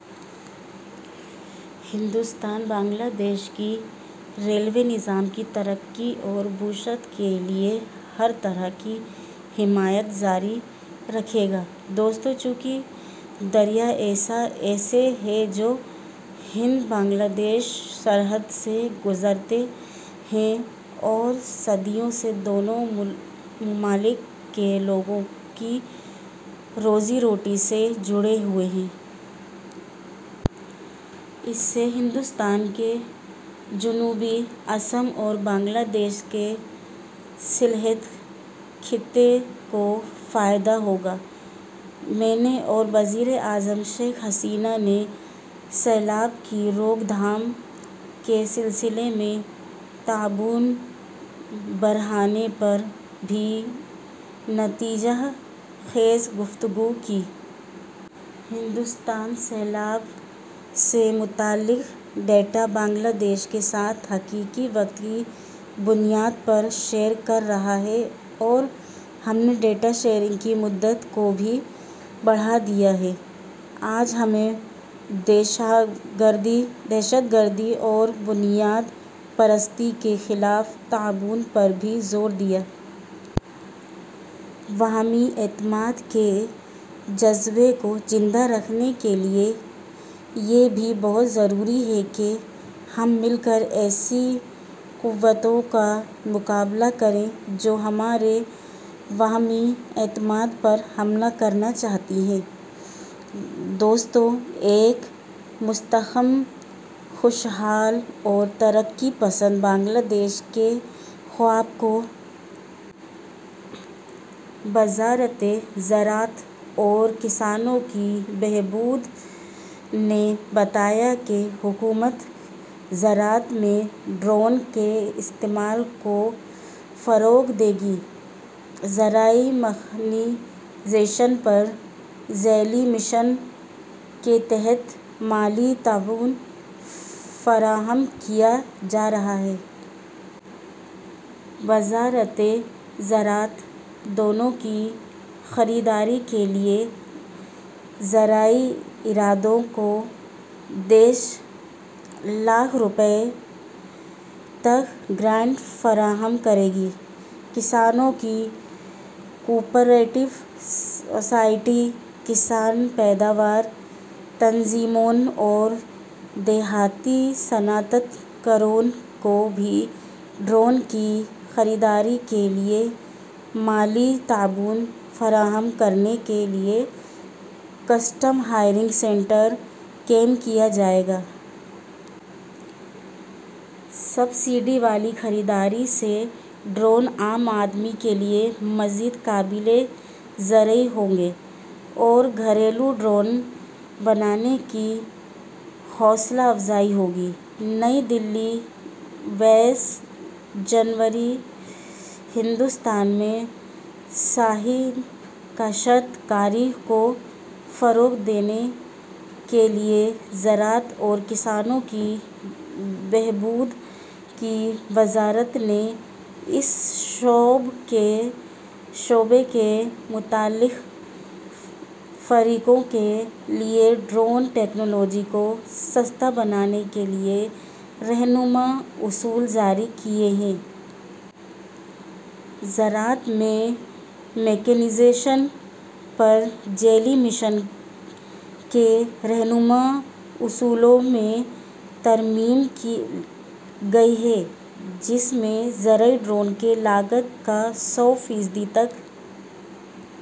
Hindustan, Bangladesh کے railway نظام کی ترقی اور توسیع کے لیے ہر طرح کی حمایت جاری رکھے گا۔ دوستو، چونکہ دریا ایسے ہیں جو ہند بنگلہ دیش سرحد سے گزرتے ہیں اور صدیوں سے دونوں ممالک کے لوگوں کی روزی روٹی سے جڑے ہوئے ہیں۔ اس سے ہندوستان کے جنوبی آسام اور بنگلہ دیش کے سلہٹ خطے کو فائدہ ہوگا۔ میں نے اور وزیر اعظم شیخ حسینہ نے سیلاب کی روک تھام کے سلسلے میں تعاون بڑھانے پر بھی نتیجہ خیز گفتگو کی۔ ہندوستان سیلاب سے متعلق ڈیٹا بنگلہ دیش کے ساتھ حقیقی وقت کی بنیاد پر شیئر کر رہا ہے اور ہم نے ڈیٹا شیئرنگ کی مدت کو بھی بڑھا دیا ہے۔ آج ہم نے دہشت گردی اور بنیاد پرستی کے خلاف تعاون پر بھی زور دیا۔ باہمی اعتماد کے جذبے کو زندہ رکھنے کے لیے یہ بھی بہت ضروری ہے کہ ہم مل کر ایسی قوتوں کا مقابلہ کریں جو ہمارے باہمی اعتماد پر حملہ کرنا چاہتی ہیں۔ دوستو، ایک مستحکم، خوشحال اور ترقی پسند بنگلہ دیش کے خواب کو۔ وزارت زراعت اور کسانوں کی بہبود نے بتایا کہ حکومت زراعت میں ڈرون کے استعمال کو فروغ دے گی۔ زرعی میکانائزیشن پر ذیلی مشن کے تحت مالی تعاون فراہم کیا جا رہا ہے۔ وزارت زراعت ڈرون کی خریداری کے لیے زرعی اداروں کو دس لاکھ روپے تک گرانٹ فراہم کرے گی۔ کسانوں کی کوآپریٹو سوسائٹیوں، کسان پیداوار تنظیموں اور دیہی صنعت کاروں کو بھی ڈرون کی خریداری کے لیے مالی تعاون فراہم کرنے کے لیے کسٹم ہائرنگ سینٹرز قائم کیے جائیں گے۔ سبسڈی والی خریداری سے ڈرون عام آدمی کے لیے مزید قابل رسائی ہوں گے اور گھریلو ڈرون بنانے کی حوصلہ افزائی ہوگی۔ نئی دہلی، بائیس جنوری۔ ہندوستان میں صحیح کاشت کاری کو فروغ دینے کے لیے زراعت اور کسانوں کی بہبود کی وزارت نے اس شعبے کے متعلقہ فریقوں کے لیے ڈرون ٹیکنالوجی کو سستا بنانے کے لیے رہنما خطوط جاری کیے ہیں۔ زراعت میں میکانائزیشن پر ذیلی مشن کے رہنما خطوط میں ترمیم کی گئی ہے، جس میں زرعی ڈرون کی لاگت کا سو فیصد تک...